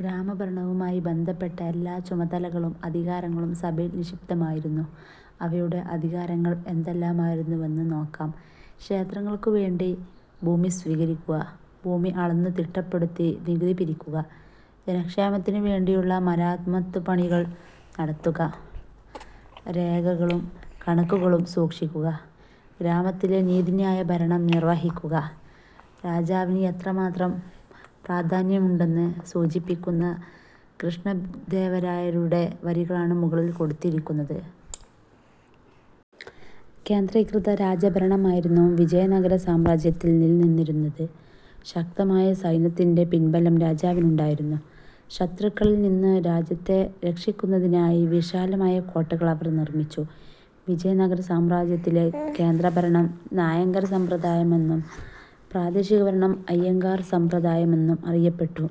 ഗ്രാമഭരണവുമായി ബന്ധപ്പെട്ട എല്ലാ ചുമതലകളും അധികാരങ്ങളും സഭയിൽ നിക്ഷിപ്തമായിരുന്നു. അവയുടെ അധികാരങ്ങൾ എന്തെല്ലാമായിരുന്നുവെന്ന് നോക്കാം. ക്ഷേത്രങ്ങൾക്കുവേണ്ടി ഭൂമി സ്വീകരിക്കുക. ഭൂമി അളന്നുതിട്ടപ്പെടുത്തി നികുതി പിരിക്കുക. ജനക്ഷേമത്തിനുവേണ്ടിയുള്ള മരാമത്തുപണികൾ നടത്തുക. രേഖകളും കണക്കുകളും സൂക്ഷിക്കുക. ഗ്രാമത്തിലെ നീതിന്യായഭരണം നിർവഹിക്കുക. രാജാവിന് എത്രമാത്രം പ്രാധാന്യമുണ്ടെന്ന് സൂചിപ്പിക്കുന്ന കൃഷ്ണദേവരായരുടെ വരികളാണ് മുകളിൽ കൊടുത്തിരിക്കുന്നത്. കേന്ദ്രീകൃത രാജഭരണമായിരുന്നു വിജയനഗരസാമ്രാജ്യത്തിൽ നിലനിന്നിരുന്നത്. ശക്തമായ സൈന്യത്തിന്റെ പിൻബലം രാജാവിനുണ്ടായിരുന്നു. ശത്രുക്കളിൽ നിന്നു രാജ്യത്തെ രക്ഷിക്കുന്നതിനായി വിശാലമായ കോട്ടകൾ അവർ നിർമിച്ചു. വിജയ നഗരസാമ്രാജ്യത്തിലെ കേന്ദ്രഭരണം നായങ്കര സമ്പ്രദായമെന്നും പ്രാദേശികഭരണം അയ്യഗാർ സമ്പ്രദായമെന്നും അറിയപ്പെട്ടു.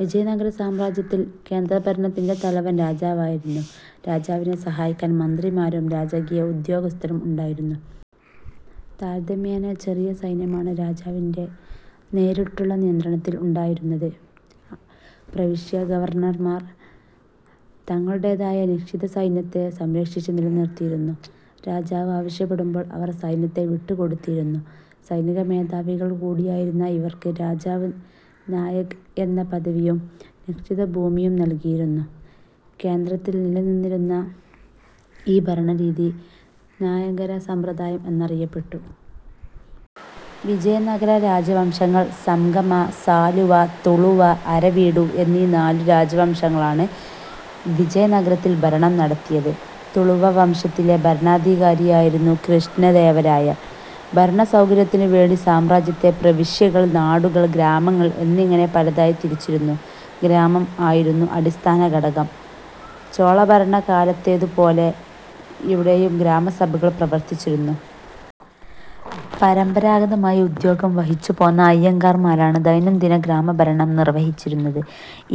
വിജയനഗരസാമ്രാജ്യത്തിൽ കേന്ദ്രഭരണത്തിന്റെ തലവൻ രാജാവായിരുന്നു. രാജാവിനെ സഹായിക്കാൻ മന്ത്രിമാരും രാജകീയ ഉദ്യോഗസ്ഥരും ഉണ്ടായിരുന്നു. താരതമ്യേന ചെറിയ സൈന്യമാണ് രാജാവിന്റെ നേരിട്ടുള്ള നിയന്ത്രണത്തിൽ ഉണ്ടായിരുന്നത്. പ്രവിശ്യാ ഗവർണർമാർ തങ്ങളുടേതായ നിശ്ചിത സൈന്യത്തെ സംരക്ഷിച്ചു നിലനിർത്തിയിരുന്നു. രാജാവ് ആവശ്യപ്പെടുമ്പോൾ അവർ സൈന്യത്തെ വിട്ടുകൊടുത്തിരുന്നു. സൈനികമേധാവികൾ കൂടിയായിരുന്ന ഇവർക്ക് രാജാവ് നായക് എന്ന പദവിയും നിശ്ചിത ഭൂമിയും നൽകിയിരുന്നു. കേന്ദ്രത്തിൽ നിലനിന്നിരുന്ന ഈ ഭരണരീതി നായങ്കര സമ്പ്രദായം എന്നറിയപ്പെട്ടു. വിജയനഗര രാജവംശങ്ങൾ: സംഗമ, സാലുവ, തുളുവ, അരവീഡു എന്നീ നാലു രാജവംശങ്ങളാണ് വിജയനഗരത്തിൽ ഭരണം നടത്തിയത്. തുളുവ വംശത്തിലെ ഭരണാധികാരിയായിരുന്നു കൃഷ്ണദേവരായർ. ഭരണസൗകര്യത്തിനു വേണ്ടി സാമ്രാജ്യത്തെ പ്രവിശ്യകൾ, നാടുകൾ, ഗ്രാമങ്ങൾ എന്നിങ്ങനെ പലതായി തിരിച്ചിരുന്നു. ഗ്രാമം ആയിരുന്നു അടിസ്ഥാന ഘടകം. ചോളഭരണകാലത്തേതു പോലെ ഇവിടെയും ഗ്രാമസഭകൾ പ്രവർത്തിച്ചിരുന്നു. പരമ്പരാഗതമായി ഉദ്യോഗം വഹിച്ചുപോന്ന അയ്യഗാർമാരാണ് ദൈനം ദിന ഗ്രാമഭരണം നിർവഹിച്ചിരുന്നത്.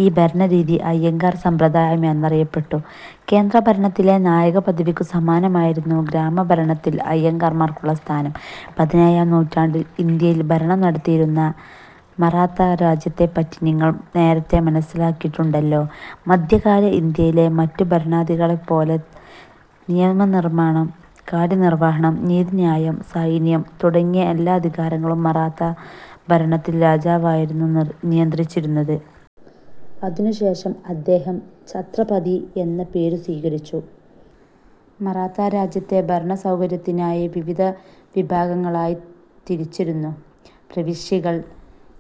ഈ ഭരണരീതി അയ്യഗാർ സമ്പ്രദായം എന്നറിയപ്പെട്ടു. കേന്ദ്രഭരണത്തിലെ നായക പദവിക്കു സമാനമായിരുന്നു ഗ്രാമഭരണത്തിൽ അയ്യഗാർമാർക്കുള്ള സ്ഥാനം. പതിനേഴാം നൂറ്റാണ്ടിൽ ഇന്ത്യയിൽ ഭരണം നടത്തിയിരുന്ന മറാത്തരാജ്യത്തെപ്പറ്റി നിങ്ങൾ നേരത്തേ മനസ്സിലാക്കിയിട്ടുണ്ടല്ലോ. മധ്യകാല ഇന്ത്യയിലെ മറ്റു ഭരണാധികാരികളെപ്പോലെ നിയമനിർമാണം, കാര്യനിർവഹണം, നീതിന്യായം, സൈന്യം തുടങ്ങിയ എല്ലാ അധികാരങ്ങളും മറാത്ത ഭരണത്തിൽ രാജാവായിരുന്നു നിയന്ത്രിച്ചിരുന്നത്. അതിനു ശേഷം അദ്ദേഹം ഛത്രപതി എന്ന പേരു സ്വീകരിച്ചു. മറാത്ത രാജ്യത്തെ ഭരണസൗകര്യത്തിനായി വിവിധ വിഭാഗങ്ങളായി തിരിച്ചിരുന്നു. പ്രവിശ്യകൾ,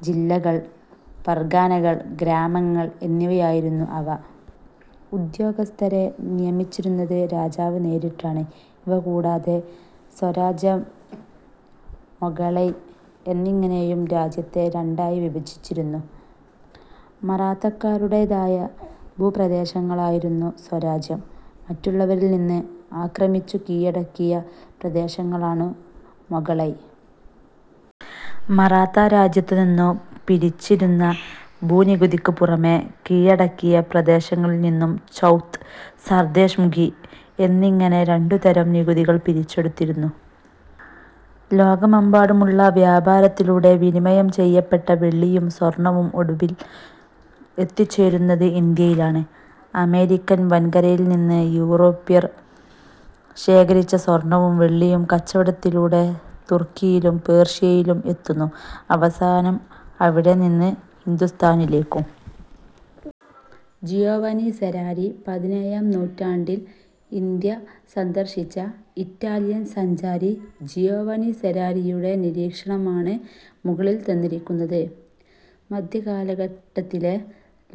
ജില്ലകൾ, പർഗാനകൾ, ഗ്രാമങ്ങൾ എന്നിവയായിരുന്നു അവ. ഉദ്യോഗസ്ഥരെ നിയമിച്ചിരുന്നത് രാജാവ് നേരിട്ടാണ്. ഇവ കൂടാതെ സ്വരാജ്യ, മൊഗളൈ എന്നിങ്ങനെയും രാജ്യത്തെ രണ്ടായി വിഭജിച്ചിരുന്നു. മറാത്തക്കാരുടേതായ ഭൂപ്രദേശങ്ങളായിരുന്നു സ്വരാജ്യം, മറ്റുള്ളവരിൽനിന്ന് ആക്രമിച്ചു കീഴടക്കിയ പ്രദേശങ്ങളാണു മൊഗളൈ. മറാത്തരാജ്യത്തുനിന്നു പിരിച്ചിരുന്ന ഭൂനികുതിക്ക് പുറമെ കീഴടക്കിയ പ്രദേശങ്ങളിൽ നിന്നും ചൗത്, സർദേശ്മുഖി എന്നിങ്ങനെ രണ്ടുതരം നികുതികൾ പിരിച്ചെടുത്തിരുന്നു. ലോകമെമ്പാടുമുള്ള വ്യാപാരത്തിലൂടെ വിനിമയം ചെയ്യപ്പെട്ട വെള്ളിയും സ്വർണവും ഒടുവിൽ എത്തിച്ചേരുന്നത് ഇന്ത്യയിലാണ്. അമേരിക്കൻ വൻകരയിൽനിന്ന് യൂറോപ്വർ ശേഖരിച്ച സ്വർണവും വെള്ളിയും കച്ചവടത്തിലൂടെ തുർക്കിയിലും പേർഷ്യയിലും എത്തുന്നു. അവസാനം അവിടെനിന്ന് ഹിന്ദുസ്ഥാനിലേക്കും. ജിയോവനി സെരാരി. പതിനേഴാം നൂറ്റാണ്ടിൽ ഇന്ത്യ സന്ദർശിച്ച ഇറ്റാലിയൻ സഞ്ചാരി ജിയോവനി സെരാരിയുടെ നിരീക്ഷണമാണ് മുകളിൽ തന്നിരിക്കുന്നത്. മധ്യകാലഘട്ടത്തിലെ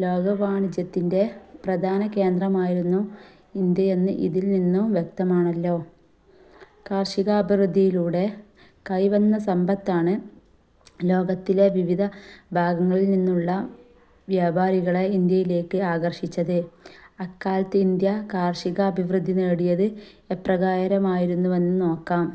ലോകവാണിജ്യത്തിന്റെ പ്രധാന കേന്ദ്രമായിരുന്നു ഇന്ത്യയെന്ന് ഇതിൽനിന്നു വ്യക്തമാണല്ലോ. കാർഷികാഭിവൃദ്ധിയിലൂടെ കൈവന്ന സമ്പത്താണ് ലോകത്തിലെ വിവിധ ഭാഗങ്ങളിൽനിന്നുള്ള വ്യാപാരികളെ ഇന്ത്യയിലേക്ക് ആകർഷിച്ചത്. അക്കാലത്ത് ഇന്ത്യ കാർഷികാഭിവൃദ്ധി നേടിയത് എപ്രകാരമായിരുന്നുവെന്ന് നോക്കാം.